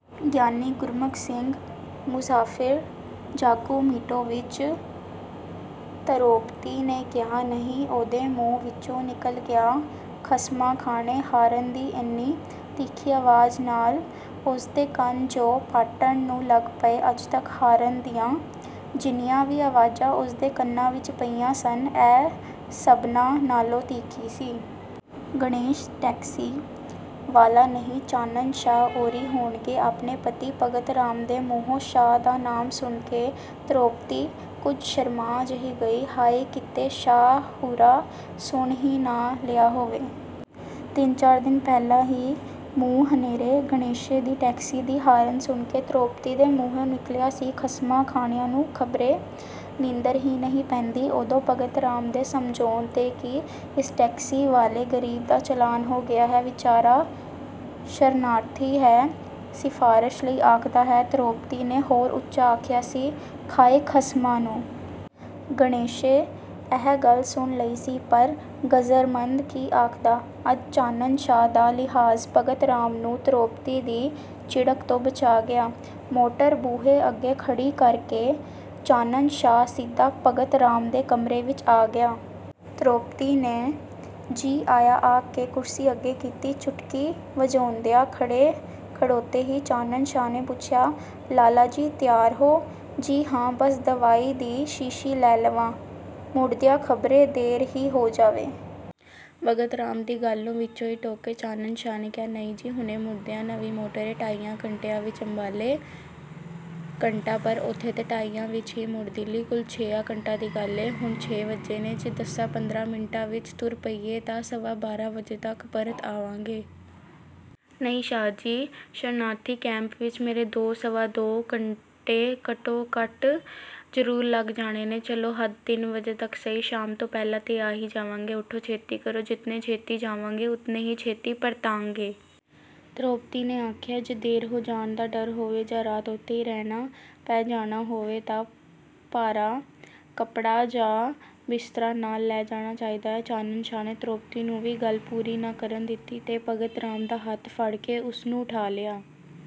ਗਿਆਨੀ ਗੁਰਮੁਖ ਸਿੰਘ ਮੁਸਾਫ਼ਿਰ ਜਾਗੋ ਮੀਟੋ ਵਿੱਚ ਧਰੋਪਤੀ ਨੇ ਕਿਹਾ, ਨਹੀਂ ਉਹਦੇ ਮੂੰਹ ਵਿਚੋਂ ਨਿਕਲ ਗਿਆ, "ਖਸਮਾਂ ਖਾਣੇ।" ਹਾਰਨ ਦੀ ਇੰਨੀ ਤਿੱਖੀ ਆਵਾਜ਼ ਨਾਲ ਉਸ ਦੇ ਕੰਨ ਜੋ ਪਾਟਣ ਨੂੰ ਲੱਗ ਪਏ। ਅੱਜ ਤੱਕ ਹਾਰਨ ਦੀਆਂ ਜਿੰਨੀਆਂ ਵੀ ਆਵਾਜ਼ਾਂ ਉਸ ਦੇ ਕੰਨਾਂ ਵਿੱਚ ਪਈਆਂ ਸਨ, ਇਹ ਸਭਨਾਂ ਨਾਲੋਂ ਤਿੱਖੀ ਸੀ। "ਗਣੇਸ਼ ਟੈਕਸੀ ਵਾਲਾ ਨਹੀਂ, ਚਾਨਣ ਸ਼ਾਹ ਉਰੀ ਹੋਣਗੇ।" ਆਪਣੇ ਪਤੀ ਭਗਤ ਰਾਮ ਦੇ ਮੂੰਹੋਂ ਸ਼ਾਹ ਦਾ ਨਾਮ ਸੁਣ ਕੇ ਧਰੋਪਤੀ ਕੁਝ ਸ਼ਰਮਾ ਜਿਹੀ ਗਈ, "ਹਾਏ ਕਿਤੇ ਸ਼ਾਹ ਹੁਰਾਂ ਸੁਣ ਹੀ ਨਾ ਲਿਆ ਹੋਵੇ।" ਤਿੰਨ-ਚਾਰ ਦਿਨ ਪਹਿਲਾਂ ਹੀ ਮੂੰਹ ਹਨੇਰੇ ਗਣੇਸ਼ੇ ਦੀ ਟੈਕਸੀ ਦੀ ਹਾਰਨ ਸੁਣ ਕੇ ਧਰੋਪਤੀ ਦੇ ਮੂੰਹੋਂ ਨਿਕਲਿਆ ਸੀ, "ਖਸਮਾਂ ਖਾਣਿਆਂ ਨੂੰ ਖ਼ਬਰੇ ਨੀਂਦਰ ਹੀ ਨਹੀਂ ਪੈਂਦੀ।" ਉਦੋਂ ਭਗਤ ਰਾਮ ਦੇ ਸਮਝਾਉਣ 'ਤੇ ਕਿ "ਇਸ ਟੈਕਸੀ ਵਾਲੇ ਗਰੀਬ ਦਾ ਚਲਾਨ ਹੋ ਗਿਆ ਹੈ, ਵਿਚਾਰਾ ਸ਼ਰਨਾਰਥੀ ਹੈ, ਸਿਫਾਰਸ਼ ਲਈ ਆਖਦਾ ਹੈ", ਧਰੋਪਤੀ ਨੇ ਹੋਰ ਉਚਾ ਆਖਿਆ ਸੀ, "ਖਾਏ ਖਸਮਾਂ ਨੂੰ।" ਗਣੇਸ਼ੇ ਇਹ ਗੱਲ ਸੁਣ ਲਈ ਸੀ, ਪਰ ਗ਼ਰਜ਼ਮੰਦ ਕੀ ਆਖਦਾ? ਅੱਜ ਚਾਨਣ ਸ਼ਾਹ ਦਾ ਲਿਹਾਜ਼ ਭਗਤ ਰਾਮ ਨੂੰ ਧਰੋਪਤੀ ਦੀ ਝਿੜਕ ਤੋਂ ਬਚਾ ਗਿਆ। ਮੋਟਰ ਬੂਹੇ ਅੱਗੇ ਖੜ੍ਹੀ ਕਰ ਕੇ ਚਾਨਣ ਸ਼ਾਹ ਸਿੱਧਾ ਭਗਤ ਰਾਮ ਦੇ ਕਮਰੇ ਵਿੱਚ ਆ ਗਿਆ। ਧਰੋਪਤੀ ਨੇ 'ਜੀ ਆਇਆਂ' ਆਖ ਕੇ ਕੁਰਸੀ ਅੱਗੇ ਕੀਤੀ। ਚੁਟਕੀ ਵਜਾਉਂਦਿਆਂ ਖੜੇ-ਖੜੋਤੇ ਹੀ ਚਾਨਣ ਸ਼ਾਹ ਨੇ ਪੁੱਛਿਆ, "ਲਾਲਾ ਜੀ ਤਿਆਰ ਹੋ?" ਜੀ ਹਾਂ, ਬਸ ਦਵਾਈ ਦੀ ਸ਼ੀਸ਼ੀ ਲੈ ਲਵਾਂ, ਮੁੜਦਿਆਂ ਖਬਰੇ ਦੇਰ ਹੀ ਹੋ ਜਾਵੇ। ਭਗਤ ਰਾਮ ਦੀ ਗੱਲ ਨੂੰ ਵਿਚੋਂ ਹੀ ਟੋਕ ਕੇ ਚਾਨਣ ਸ਼ਾਹ ਨੇ ਕਿਹਾ, "ਨਹੀਂ ਜੀ, ਹੁਣੇ ਮੁੜਦੇ ਹਾਂ, ਨਵੀਂ ਮੋਟਰ ਏ, ਢਾਈਆਂ ਘੰਟਿਆਂ ਵਿੱਚ ਅੰਬਾਲੇ, ਘੰਟਾ ਭਰ ਉਥੇ ਤੇ ਢਾਈਆਂ ਵਿੱਚ ਹੀ ਮੁੜ ਦਿੱਲੀ, ਕੁਲ ਛਿਆਂ ਘੰਟਿਆਂ ਦੀ ਗੱਲ ਏ, ਹੁਣ ਛੇ ਵਜੇ ਨੇ, ਜੇ ਦਸਾਂ-ਪੰਦਰਾਂ ਮਿੰਟਾਂ ਵਿੱਚ ਤੁਰ ਪਈਏ ਤਾਂ ਸਵਾ ਬਾਰਾਂ ਵਜੇ ਤੱਕ ਪਰਤ ਆਵਾਂਗੇ।" ਨਹੀਂ ਸ਼ਾਹ ਜੀ, ਸ਼ਰਨਾਰਥੀ ਕੈਂਪ ਵਿੱਚ ਮੇਰੇ ਦੋ ਸਵਾ ਦੋ ਘੰਟੇ ਘਟੋ-ਘੱਟ ਜ਼ਰੂਰ ਲੱਗ ਜਾਣੇ ਨੇ। "ਚਲੋ ਹੱਦ ਤਿੰਨ ਵਜੇ ਤੱਕ ਸਹੀ, ਸ਼ਾਮ ਤੋਂ ਪਹਿਲਾਂ 'ਤੇ ਆ ਹੀ ਜਾਵਾਂਗੇ, ਉਠੋ ਛੇਤੀ ਕਰੋ। ਜਿਤਨੇ ਛੇਤੀ ਜਾਵਾਂਗੇ, ਉਤਨੇ ਹੀ ਛੇਤੀ ਪਰਤਾਂਗੇ।" ਧਰੋਪਤੀ ਨੇ ਆਖਿਆ, "ਜੇ ਦੇਰ ਹੋ ਜਾਣ ਦਾ ਡਰ ਹੋਵੇ ਜਾਂ ਰਾਤ ਉਥੇ ਹੀ ਰਹਿਣਾ ਪੈ ਜਾਣਾ ਹੋਵੇ ਤਾਂ ਭਾਰਾ ਕੱਪੜਾ ਜਾਂ ਬਿਸਤਰਾ ਨਾਲ਼ ਲੈ ਜਾਣਾ ਚਾਹੀਦਾ ਹੈ।" ਚਾਨਣ ਸ਼ਾਹ ਨੇ ਧਰੋਪਤੀ ਨੂੰ ਵੀ ਗੱਲ ਪੂਰੀ ਨਾ ਕਰਨ ਦਿੱਤੀ ਤੇ ਭਗਤ ਰਾਮ ਦਾ ਹੱਥ ਫੜ ਕੇ ਉਸ ਨੂੰ ਉੱਠਾ ਲਿਆ।